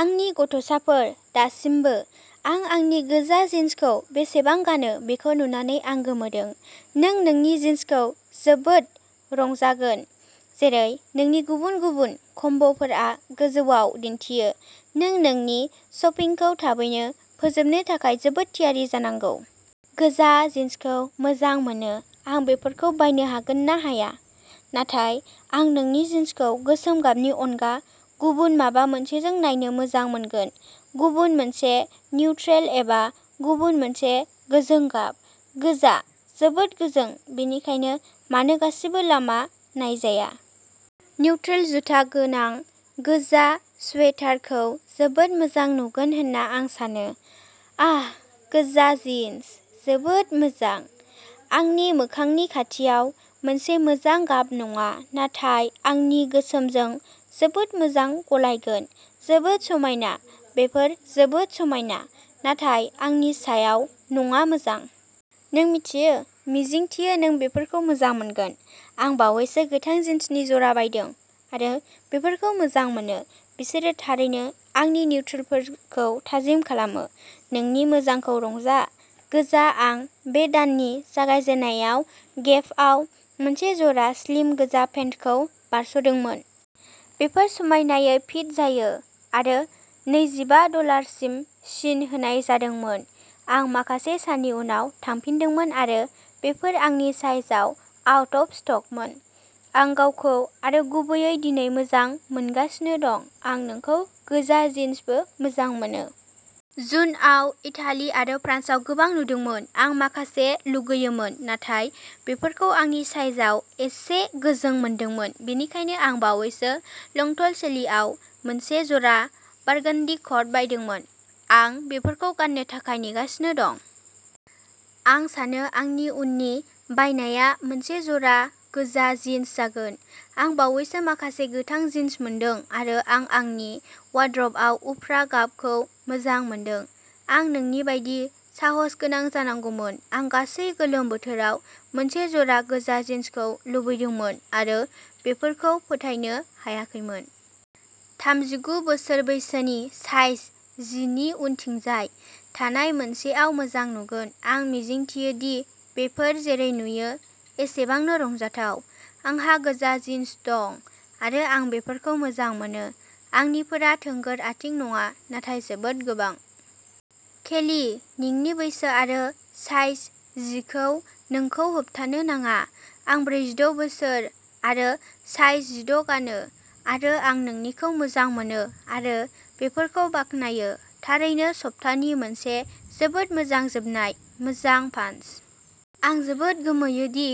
आंनि गथ'साफोर दासिमबो। आं आंनि गोजा जिनसखौ बेसेबां गानो बेखौ नुनानै आं गोमोदों। नों नोंनि जिनसखौ जोबोद रंजागोन। जेरै नोंनि गुबुन गुबुन कम्ब’फोरा गोजौआव दिनथियो। नों नोंनि शपिंखौ थाबैनो फोजोबनो थाखाय जोबोद थियारि जानांगौ। गोजा जिनसखौ मोजां मोनो। आं बेफोरखौ बायनो हागोन ना हाया? नाथाय आं नोंनि जिनसखौ गोसोम गाबनि अनगा गुबुन माबा मोनसेजों नायनो मोजां मोनगोन। गुबुन मोनसे निउट्रेल एबा गुबुन मोनसे गोजों गाब। गोजा जोबोद गोजों, बेनिखायनो मानो गासिबो लामा नायजाया। निउट्रेल जुथा गोनां गोजा स्वेटार खौ जोबोद मोजां नुगोन होनना आं सानो। आह गोजा जिन्स। जोबोद मोजां। आंनि मोखांनि खाथियाव मोनसे मोजां गाब नङा, नाथाय आंनि गोसोमजों जोबोद मोजां गलायगोन, जोबोद समायना बेफोर जोबोद समायना, नाथाय आंनि सायाव नङा मोजां। नों मिथियो मिजिंथियो नों बेफोरखौ मोजां मोनगोन। आं बावैसो गोथां जिनसनि जरा बायदों आरो बेफोरखौ मोजां मोनो। बिसोरो थारैनो आंनि निउट्रेलफोरखौ थाजिम खालामो। नोंनि मोजांखौ रंजा। गोजा आं बे दाननि जागायजेननायाव गेपआव मोनसे जरा स्लिम गोजा पेन्टखौ बारस'दोंमोन। बेफोर समायनायै फिट जायो आरो नैजिबा डलारसिम सिन होनाय जादोंमोन। आं माखासे साननि उनाव थांफिनदोंमोन आरो बेफोर आंनि साइजआव आउट अफ स्टकमोन। आं गावखौ आरो गुबैयै दिनै मोजां मोनगासिनो दं। आं नोंखौ गोजा जिन्सबो मोजां मोनो। जुनआव इटाली आरो फ्रान्सआव गोबां नुदोंमोन। आं माखासे लुगैयोमोन। नाथाय बेफोरखौ आंनि साइजआव एसे गोजों मोनदोंमोन। बेनिखायनो आं बावैसो लं टल सेलिआव मोनसे जरा बारगनदि कर्ड बायदोंमोन। आं बेफोरखौ गाननो थाखाय नेगासिनो दं। आं सानो आंनि उननि बायनाया मोनसे जरा गोजा जिन्स जागोन। आं बावैसो माखासे गोथां जिन्स मोनदों आरो आं आंनि वारद्रबआव उफ्रा गाबखौ मोजां मोनदों। आं नोंनि बायदि साहसगोनां जानांगौमोन। आं गासै गोलोम बोथोराव मोनसे जरा गोजा जिन्सखौ लुबैदोंमोन आरो बेफोरखौ फोथायनो हायाखैमोन। थामजिगु बोसोर बैसोनि साइज जि नि उनथिंजाय थानाय मोनसेआव मोजां नुगोन। आं मिजिंथियो दि बेफोर जेरै नुयो एसेबांनो रंजाथाव। आंहा गोजा जिन्स दं आरो आं बेफोरखौ मोजां मोनो। आंनिफोरा थोंगोर आथिं नङा नाथाय जोबोद गोबां। केली, नोंनि बैसो आरो साइज जि खौ नोंखौ होबथानो नाङा। आं ब्रैजिद’ बोसोर आरो साइज जिद’ गानो आरो आं आंनिखौ मोजां मोनो आरो बेफोरखौ बाखनायो। थारैनो सपतानि मोनसे जोबोद मोजां जोबनाय मोजां पानस। आं जोबोद गोमोयो दि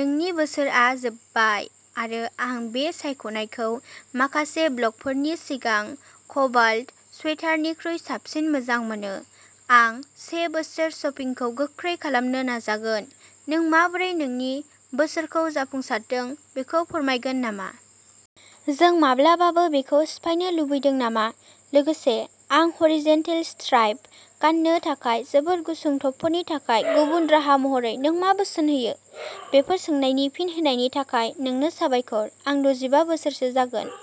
नोंनि बोसोरआ जोबबाय आरो आं बे सायख'नायखौ माखासे ब्लगफोरनि सिगां क'बाल्ट स्वेटारनिख्रुइ साबसिन मोजां मोनो। आं से बोसोर शपिंखौ गोख्रै खालामनो नाजागोन। नों माबोरै नोंनि बोसोरखौ जाफुंसारदों बेखौ फोरमायगोन नामा? जों माब्लाबाबो बेखौ सिफायनो लुबैदों नामा? लोगोसे, आं ह'रिजनटेल स्ट्राइप गाननो थाखाय जोबोद गुसुं टपफोरनि थाखाय गुबुन राहा महरै नों मा बोसोन होयो? बेफोर सोंनायनि फिन होनायनि थाखाय नोंनो साबायखर। आं द’जिबा बोसोरसो जागोन।